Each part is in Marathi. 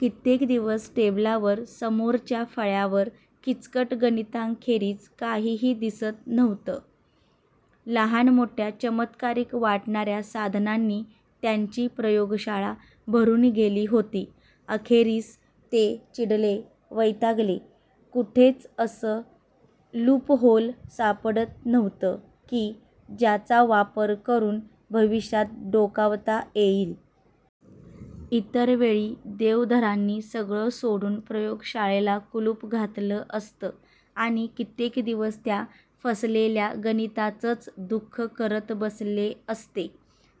कित्येक दिवस टेबलावर, समोरच्या फळ्यावर किचकट गणितांखेरीज काहीही दिसत नव्हतं. लहान मोठ्या चमत्कारिक वाटणाऱ्या साधनांनी त्यांची प्रयोगशाळा भरून गेली होती. अखेरीस ते चिडले, वैतागले. कुठेच असं लूपहोल सापडत नव्हतं की ज्याचा वापर करून भविष्यात डोकावता येईल. इतरवेळी देवधरांनी सगळं सोडून प्रयोगशाळेला कुलूप घातलं असतं आणि कित्येक दिवस त्या फसलेल्या गणितांचंच दुःख करत बसले असते,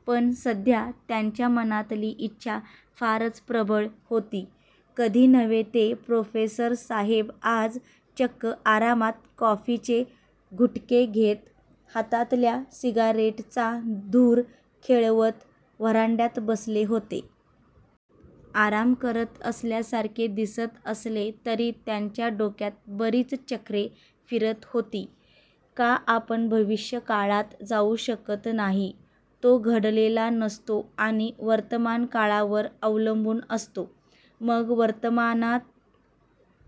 पण सध्या त्यांच्या मनातली इच्छा फारच प्रबळ होती. कधी नव्हे ते प्रोफेसरसाहेब आज चक्क आरामात कॉफीचे घुटके घेत, हातातल्या सिगारेटचा धूर खेळवत व्हरांड्यात बसले होते. आराम करत असल्यासारखे दिसत असले तरी त्यांच्या डोक्यात बरीच चक्रे फिरत होती. का आपण भविष्यकाळात जाऊ शकत नाही? तो घडलेला नसतो आणि वर्तमानकाळावर अवलंबून असतो. मग वर्तमानात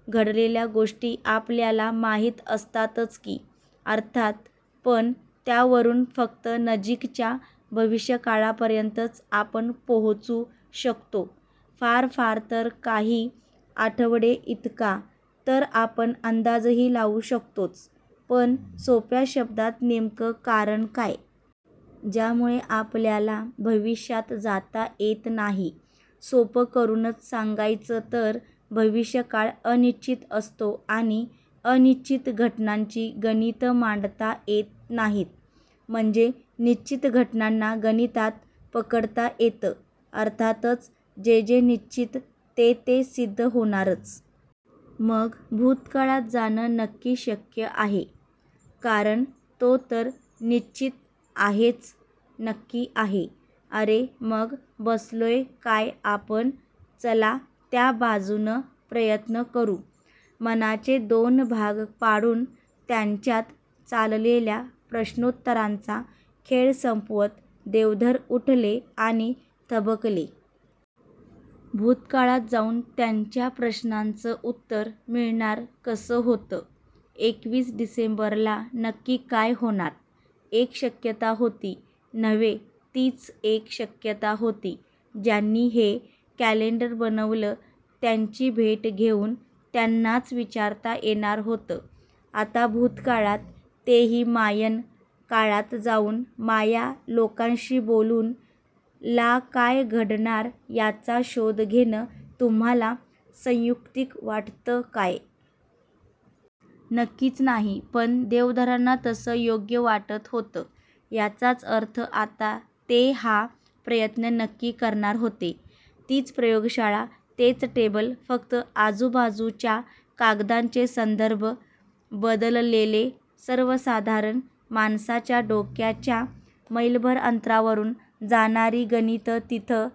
घडलेल्या गोष्टी आपल्याला माहीत असतातच की, अर्थात, पण त्यावरून फक्त नजीकच्या भविष्यकाळापर्यंतच आपण पोहोचू शकतो फार फार तर काही आठवडेइतका तर आपण अंदाजही लावू शकतोच, पण सोप्या शब्दात नेमकं कारण काय? ज्यामुळे आपल्याला भविष्यात जाता येत नाही. सोपं करूनच सांगायचं तर भविष्यकाळ अनिश्चित असतो, आणि अनिश्चित घटनांची गणितं मांडता येत नाहीत म्हणजे निश्चित घटनांना गणितात पकडता येतं? अर्थातच, जे जे निश्चित ते ते सिद्ध होणारच. मग भूतकाळात जाणं नक्की शक्य आहे, कारण तो तर निश्चित आहेच नक्की आहे अरे मग बसलोय काय आपण? चला त्या बाजूनं प्रयत्न करू. मनाचे दोन भाग पाडून त्यांच्यात चाललेल्या प्रश्नोत्तरांचा खेळ संपवत देवधर उठले आणि थबकले. भूतकाळात जाऊन त्यांच्या प्रश्नाचं उत्तर मिळणार कसं होतं? एकवीस डिसेंबरला नक्की काय होणार? एक शक्यता होती नव्हे तीच एक शक्यता होती. ज्यांनी हे कॅलेंडर बनवलं त्यांची भेट घेऊन त्यांनाच विचारता येणार होतं. आता भूतकाळात, तेही मायन काळात जाऊन माया लोकांशी बोलून ला काय घडणार याचा शोध घेणं तुम्हाला संयुक्तिक वाटतं काय? नक्कीच नाही, पण देवधरांना तसं योग्य वाटत होतं, याचाच अर्थ आता ते हा प्रयत्न नक्की करणार होते. तीच प्रयोगशाळा, तेच टेबल फक्त आजूबाजूच्या कागदांचे संदर्भ बदललेले. सर्वसाधारण माणसाच्या डोक्याच्या मैलभर अंतरावरून जाणारी गणितं तिथं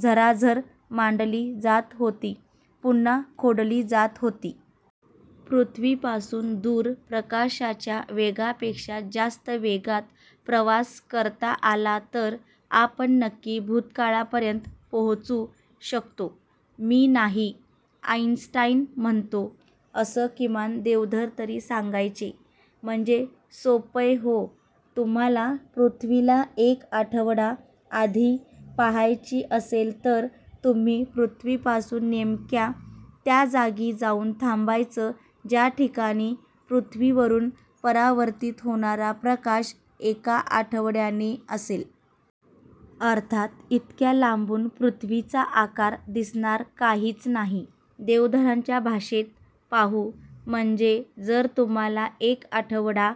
झराझर मांडली जात होती, पुन्हा खोडली जात होती. पृथ्वीपासून दूर प्रकाशाच्या वेगापेक्षा जास्त वेगात प्रवास करता आला तर आपण नक्की भूतकाळापर्यंत पोहोचू शकतो. मी नाही आईन्स्टाईन म्हणतो असं किमान देवधर तरी सांगायचे. म्हणजे सोपंय हो, तुम्हाला पृथ्वीला एक आठवडा आधी पाहायची असेल तर तुम्ही पृथ्वीपासून नेमक्या त्या जागी जाऊन थांबायचं ज्या ठिकाणी पृथ्वीवरून परावर्तित होणारा प्रकाश एका आठवड्याने असेल. अर्थात इतक्या लांबून पृथ्वीचा आकार दिसणार काहीच नाही. देवधरांच्या भाषेत पाहू, म्हणजे जर तुम्हाला एक आठवडा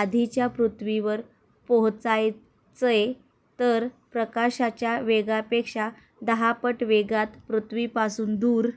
आधीच्या पृथ्वीवर पोहोचायचंय तर प्रकाशाच्या वेगापेक्षा दहापट वेगात पृथ्वीपासून दूर